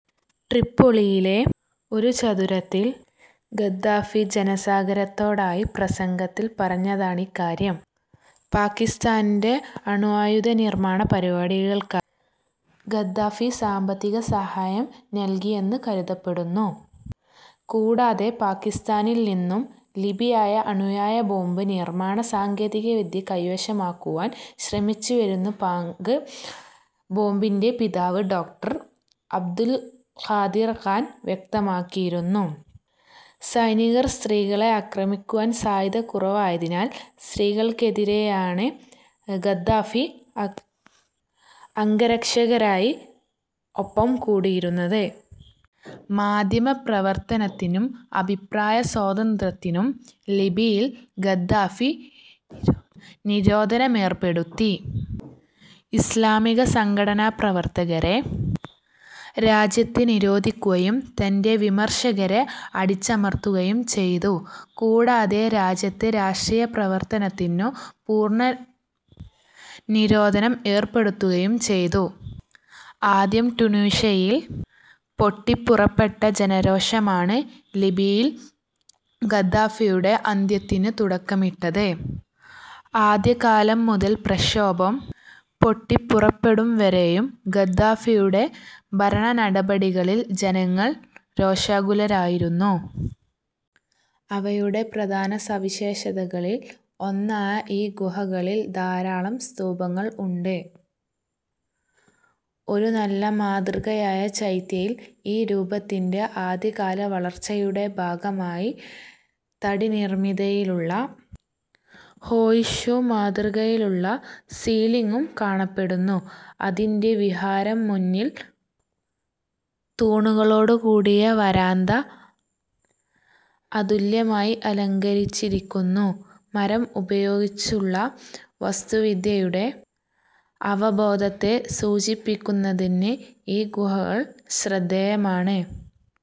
ട്രിപ്പോളിയിലെ ഒരു ചത്വരത്തിൽ ഗദ്ദാഫി ജനസാഗരത്തോടായി പ്രസംഗത്തിൽ പറഞ്ഞതാണിക്കാര്യം. പാകിസ്താന്റെ അണ്വായുധനിർമ്മാണ പരിപാടികൾക്കായി ഗദ്ദാഫി സാമ്പത്തിക സഹായം നൽകിയെന്നു കരുതപ്പെടുന്നു. കൂടാതെ പാകിസ്താനിൽ നിന്നും ലിബിയ അണുബോംബ് നിർമ്മാണ സാങ്കേതികവിദ്യ കൈവശമാക്കുവാൻ ശ്രമിച്ചിരുന്നെന്ന് പാക്ക് ബോംബിന്റെ പിതാവ് ഡോ. അബ്ദുൽ ഖാദിർ ഖാൻ വ്യക്തമാക്കിയിരുന്നു. സൈനികർ സ്ത്രീകളെ ആക്രമിക്കുവാൻ സാധ്യത കുറവായതിനാൽ സ്ത്രീസൈനികരെയാണ് ഗദ്ദാഫി അംഗരക്ഷകരായി ഒപ്പം കൂട്ടിയിരുന്നത്. മാധ്യമപ്രവർത്തനത്തിനും അഭിപ്രായസ്വാതന്ത്ര്യത്തിനും ലിബിയയിൽ ഗദ്ദാഫി നിരോധനമേർപ്പെടുത്തി. ഇസ്ലാമിക സംഘടനാപ്രവർത്തകരെ രാജ്യത്ത് നിരോധിക്കുകയും തന്റെ വിമർശകരെ അടിച്ചമർത്തുകയും ചെയ്തു. കൂടാതെ രാജ്യത്ത് രാഷ്ട്രീയപ്രവർത്തനത്തിനു പൂർണ്ണ നിരോധനം ഏർപ്പെടുത്തുകയും ചെയ്തു. ആദ്യം ടുണീഷ്യയിൽ പൊട്ടിപ്പുറപ്പെട്ട ജനരോഷമാണ് ലിബിയയിൽ ഗദ്ദാഫിയുടെ അന്ത്യത്തിനു തുടക്കമിട്ടത്. ആദ്യകാലം മുതൽ പ്രഷോഭം പൊട്ടിപ്പുറപ്പെടും വരെയും ഗദ്ദാഫിയുടെ ഭരണനടപടികളിൽ ജനങ്ങൾ രോഷാകുലരായിരുന്നു. അവയുടെ പ്രധാന സവിശേഷതകളിൽ ഒന്നായ ഈ ഗുഹകളിൽ ധാരാളം സ്തൂപങ്ങൾ ഉണ്ട്. ഒരു നല്ല മാതൃകയായ ചൈത്യയിൽ ഈ രൂപത്തിന്റെ ആദ്യകാല വളർച്ചയുടെ ഭാഗമായി തടി നിർമ്മിതിയിലുള്ള ഹോഴ്സ്ഷൂ മാതൃകയിലുള്ള സീലിംഗും കാണപ്പെടുന്നു. അതിന്റെ വിഹാരം മുന്നിൽ തൂണുകളോടുകൂടിയ വരാന്ത അതുല്യമായി അലങ്കരിച്ചിരിക്കുന്നു. മരം ഉപയോഗിച്ചുള്ള വാസ്തുവിദ്യയുടെ അവബോധത്തെ സൂചിപ്പിക്കുന്നതിന് ഈ ഗുഹകൾ ശ്രദ്ധേയമാണ്.